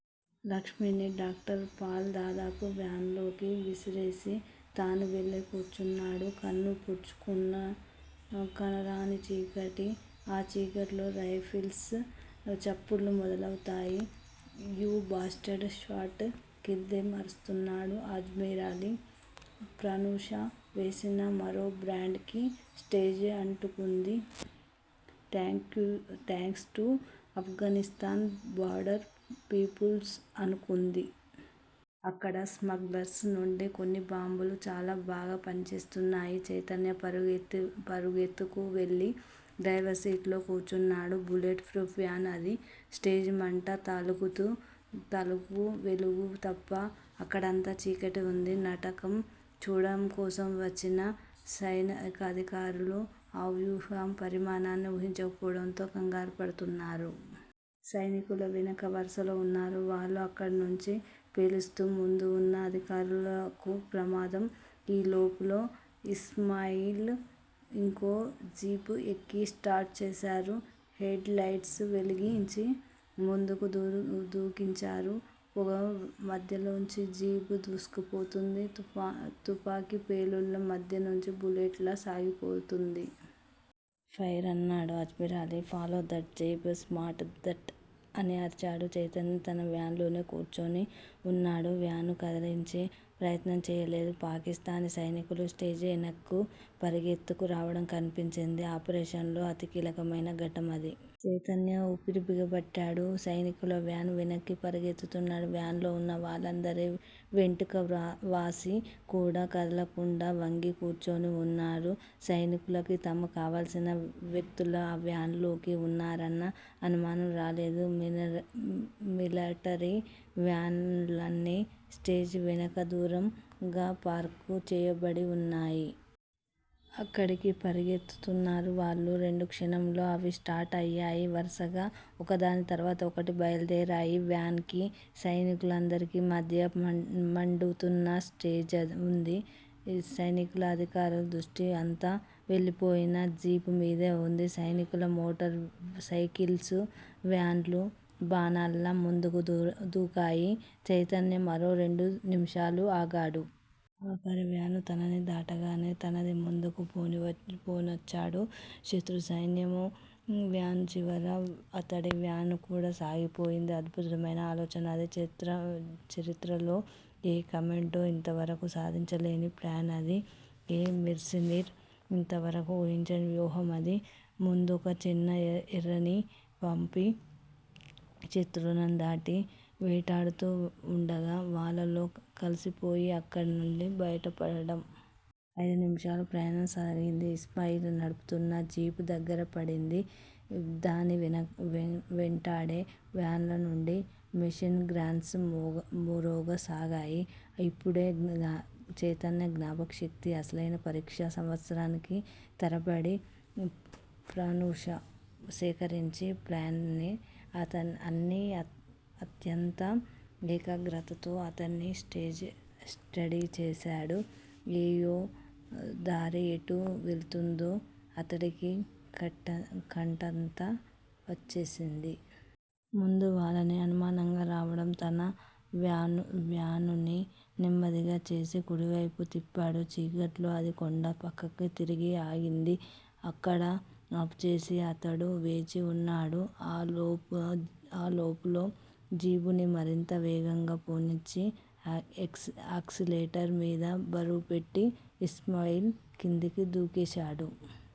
లక్ష్మిని doctor Paul దాదాపు వ్యానులోకి విసిరేసి తనూ వెళ్ళి కూర్చున్నాడు. కన్ను పొడుచుకున్నా కానరాని చీకటి ఆ చీకట్లో రైఫిల్స్ చప్పుళ్ళు మొదలయ్యాయి. You bastards shoot! Kill them అరుస్తున్నాడు అజ్మరాలీ. ప్రనూష వేసిన మరో బాంబ్ కి స్టేజి అంటుకుంది. Thanks to Afghanistan border people అనుకుంది. అక్కడ స్మగ్లర్స్ నుంచి కొన్న బాంబులు చాలా బాగా పనిచేస్తున్నాయి. చైతన్య పరుగెత్తుకువెళ్ళి డ్రైవర్ సీటులో కూర్చున్నాడు. బుల్లెట్ ప్రూఫ్ వ్యాన్ అది. స్టేజీ మంట తాలుకు వెలుగు తప్ప అక్కడంతా చీకటిగా వుంది. నాటకం చూడటం కోసం వచ్చిన సైనికాధికారులు ఈ అనూహ్య పరిణామాన్ని ఊహించకపోవడంతో కంగారుపడుతున్నారు. సైనికులు వెనుక వరుసలో వున్నారు. వాళ్ళు అక్కడినుండి పేలిస్తే ముందువున్న అధికారులకు ప్రమాదం. ఈ లోపులో ఇస్మాయిల్ ఇంకో జీప్ ఎక్కి స్టార్ట్ చేశాడు. హెడ్ లైట్స్ వెలిగించి ముందుకి దూకించాడు. పొగ మధ్యలోంచి జీప్ దూసుకుపోయింది. తుపాకి ప్రేలుళ్ళ మధ్యనుంచి బుల్లెట్ లా సాగిపోయింది. ఫైర్ అన్నాడు Ajmarali follow that jeep smash that అని అరిచాడు. చైతన్య తన వ్యానులోనే కూర్చుని వున్నాడు. వ్యాను కదిలించే ప్రయత్నం చేయలేదు. పాకిస్తానీ సైనికులు స్టేజి వెనక్కు పరుగెత్తుకు రావటం కనిపించింది. ఆ ఆపరేషన్ లో అతి కీలకమైన ఘట్టం అది! చైతన్య ఊపిరి బిగపట్టాడు. సైనికులు వ్యాను వెనక్కి పరుగెత్తుతున్నారు. వ్యానులో వున్న వాళ్ళందరూ వెంట్రుకవాసి కూడా కదలకుండా వంగి కూర్చుని వున్నారు. సైనికులకి తమకి కావల్సిన వ్యక్తులు ఆ వ్యాను లోనే వున్నారన్న అనుమానం రాలేదు. మిలటరీ వ్యానులన్నీ స్టేజి వెనుక దూరంగా పార్క్ చేయబడి వున్నాయి. అక్కడికి పరుగెత్తుతున్నారు వాళ్ళు. రెండు క్షణాల్లో అవి స్టార్ట్ అయ్యాయి. వరుసగా ఒకదాని తరువాత ఒకటి బయల్దేరాయి. వ్యాన్స్ కీ, సైనికాధికులకీ మధ్య మండుతున్న స్టేజివుంది. సైనికాధికారుల దృష్టి అంతా వెళ్ళిపోయిన జీపుమీదే వుంది. సైనికుల మోటార్ సైకిల్సూ, వ్యాన్సూ బాణాల్లా ముందుకు దూకాయి. చైతన్య మరో రెండు నిమిషాలు ఆగాడు. ఆఖరి వ్యాను తనని దాటగానే, తనదీ ముందుకు పోనిచ్చాడు. శత్రు సైన్యపు వ్యాన్స్ చివర అతడి వ్యానుకూడా సాగిపోయింది. అద్భుతమైన ఆలోచన అది. చరిత్రలో ఏ కమాండో ఇంతవరకూ సాధించలేని 'ప్లాన్' అది. ఏ మెర్సనీర్ ఇంతవరకూ వూహించని వ్యూహం అది. ముందొక చిన్న ఎరని పంపి, శత్రువులు దాన్ని వేటాడుతూ వుండగా వాళ్ళలో కలిసిపోయి అక్కడనుంచి బయటపడటం! అయిదు నిమిషాల ప్రయాణం సాగింది. ఇస్మాయిల్ నడుపుతున్న జీపు దగ్గర పడింది. దాన్ని వెంటాడే వ్యానులనుంచి మెషిన్ గన్స్ మ్రోగసాగాయి. ఇక్కడే చైతన్య జ్ఞాపకశక్తికి అసలైన పరీక్ష! సంవత్సరాల తరబడి ప్రనూష సేకరించిన ప్లాన్స్ అన్నీ అత్యంత ఏకాగ్రతతో అతను స్టడీ చేశాడు. ఏయే దారి ఎటు వెళుతుందో అతడికి కంఠతా వచ్చేసింది. ముందు వాళ్ళకి అనుమానం రాకుండా తన వ్యానుని నెమ్మది చేసి, కుడివైపుకి తిప్పాడు. చీకట్లో అది కొండ పక్కకి తిరిగి ఆగింది. అక్కడ ఆపుచేసి అతడు వేచి వున్నాడు. ఈ లోపులో జీపుని మరింత వేగంగా పోనిచ్చి, ఆక్సిలేటర్ మీద బరువుపెట్టి ఇస్మాయిల్ క్రిందకు దూకేశాడు.